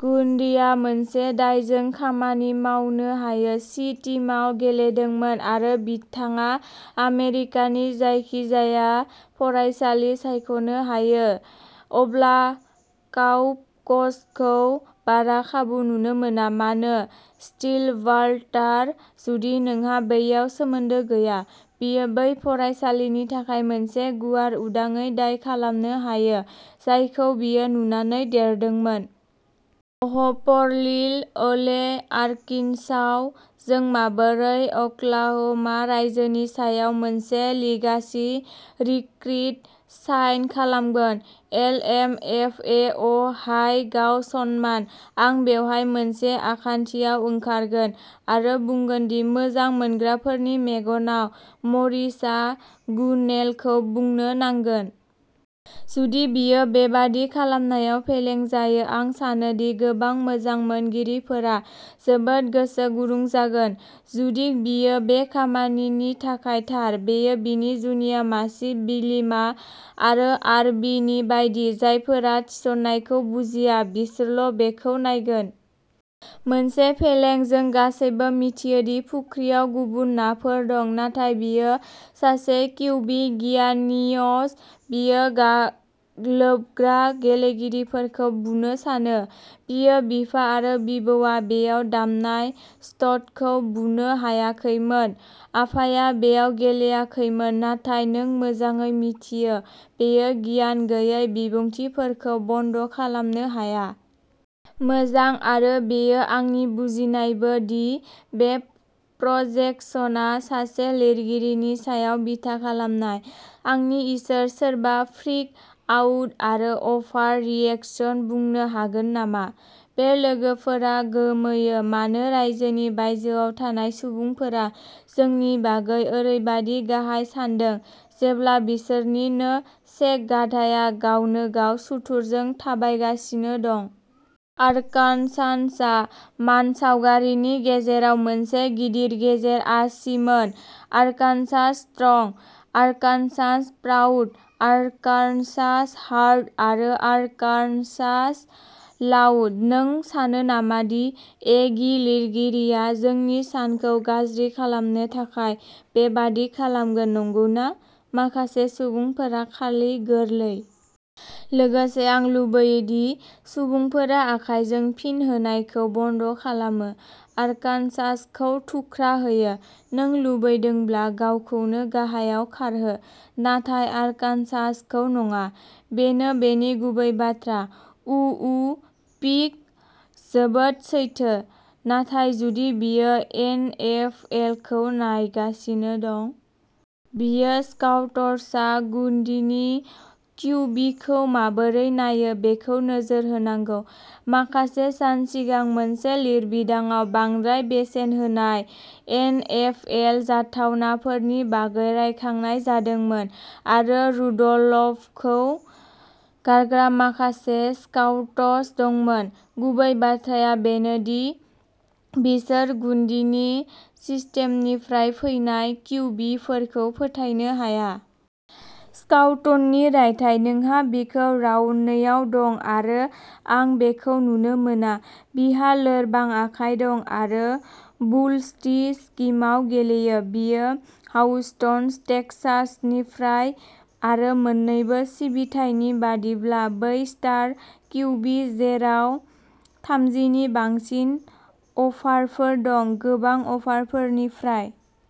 गुन्डिआ मोनसे दायजों खामानि मावनो हायो। सि टीमआव गेलेदोंमोन आरो बिथाङा आमेरिकानि जायखिजाया फरायसालि सायख'नो हायो अब्ला काउप'क्सखौ बारा खाबु नुनो मोना। मानो स्टिलवाटार जुदि नोंहा बैयाव सोमोन्दो गैया? बियो बै फरायसालिनि थाखाय मोनसे गुवार उदाङै दाय खालामनो हायो जायखौ बियो नुनानै देरदोंमोन। अ'ह प'र लिल ओले आर्किन्साव जों माबोरै अक्लाह'मा रायजोनि सायाव मोनसे लिगासि रिक्रिट साइन खालामगोन। एल एम एफ ए अ हाय गाव सन्मान। आं बेवहाय मोनसे आखान्थियाव ओंखारगोन आरो बुंगोन दि मोजां मोनग्राफोरनि मेगनाव, मरिसआ गुनेलखौ बुनो नांगोन। जुदि बियो बेबादि खालामनायाव फेलें जायो, आं सानोदि गोबां मोजां मोनगिरिफोरा जोबोद गोसो गुदुं जागोन जुदि बियो बे खामानिनि थाखाय थार। बेयो बिनि जुनिया मासि, बिलेमा आरो आर बि नि बायदि। जायफोरा थिसननायखौ बुजिया बिसोरल' बेखौ नायगोन। मोनसे फेलें, जों गासैबो मिथियो दि फुख्रियाव गुबुन नाफोर दं। नाथाय बियो सासे किउबि गियानिअस बियो गाग्लोबग्रा गेलेगिरिफोरखौ बुनो सानो बियो बिफा आरो बिबौआ बेयाव दामनाय स्टडखौ बुनो हायाखैमोन आफाया बेयाव गेलेयाखैमोन नाथाय नों मोजाङै मिथियो, बेयो गियान गैयै बिबुंथिफोरखौ बन्द' खालामनो हाया। मोजां, आरो बेयो आंनि बुजिनायबो दि बे प्रजेकसनआ सासे लिरगिरिनि सायाव बिथा खालामनाय। आंनि इसोर, सोरबा फ्रिक आउट आरो अभार रिएक्शन बुंनो हागोन नामा? बे लोगोफोरा गोमोयो मानो रायजोनि बायजोआव थानाय सुबुंफोरा जोंनि बागै ओरैबादि गाहाय सान्दों जेब्ला बिसोरनि नो सेक गाधाया गावनोगाव सुथुरजों थाबायगासिनो दं। आर्कान्सान्सआ मानसावगारिनि गेजेराव मोनसे गिदिर गेजेर आसिमोन। Arkansas strong, Arkansas proud, Arkansas hard आरो आर्कान्सास लाउड। नों सानो नामा दि एगि लिरगिरिया जोंनि सानखौ गाज्रि खालामनो थाखाय बेबादि खालामगोन, नंगौना? माखासे सुबुंफोरा खालि गोरलै। लोगोसे आं लुबैयो दि सुबुंफोरा आखायजों फिन होनायखौ बन्द' खालामो। आरकानसासखौ थुख्रा होयो। नों लुबैदोंब्ला गावखौनो गाहायाव खारहो, नाथाय आरकानसासखौ नङा। बेनो बेनि गुबै बाथ्रा उउ पिग जोबोद सैथो, नाथाय जुदि बियो एनएफएलखौ नायगासिनो दं। बियो स्काउट्सआ गुन्डीनि क्युबीखौ माबोरै नायो बेखौ नोजोर होनांगौ। माखासे सान सिगां मोनसे लिरबिदांआव बांद्राय बेसेन होनाय एन एफ एल जाथावनाफोरनि बागै रायखांनाय जादोंमोन आरो रुडलफखौ गारग्रा माखासे स्काउट्स दंमोन। गुबै बाथ्राया बेनो दि बिसोर गुन्डीनि सिस्टेमनिफ्राय फैनाय क्यूबीफोरखौ फोथायनो हाया। स्काउटनि रायथाइ नोंहा बिखौ राउन्ड नै आव दं आरो आं बेखौ नुनो मोना। बिहा लोरबां आखाइ दं आरो बुल्सटी स्किमाव गेलेयो। बियो ह्युस्टन टेक्सासनिफ्राय आरो मोन्नैबो सिबिथायनि बायदिब्ला ब्रै स्टार क्युबी जेराव थामजिनि बांसिन अफारफोर दं, गोबां अफारफोरनिफ्राय।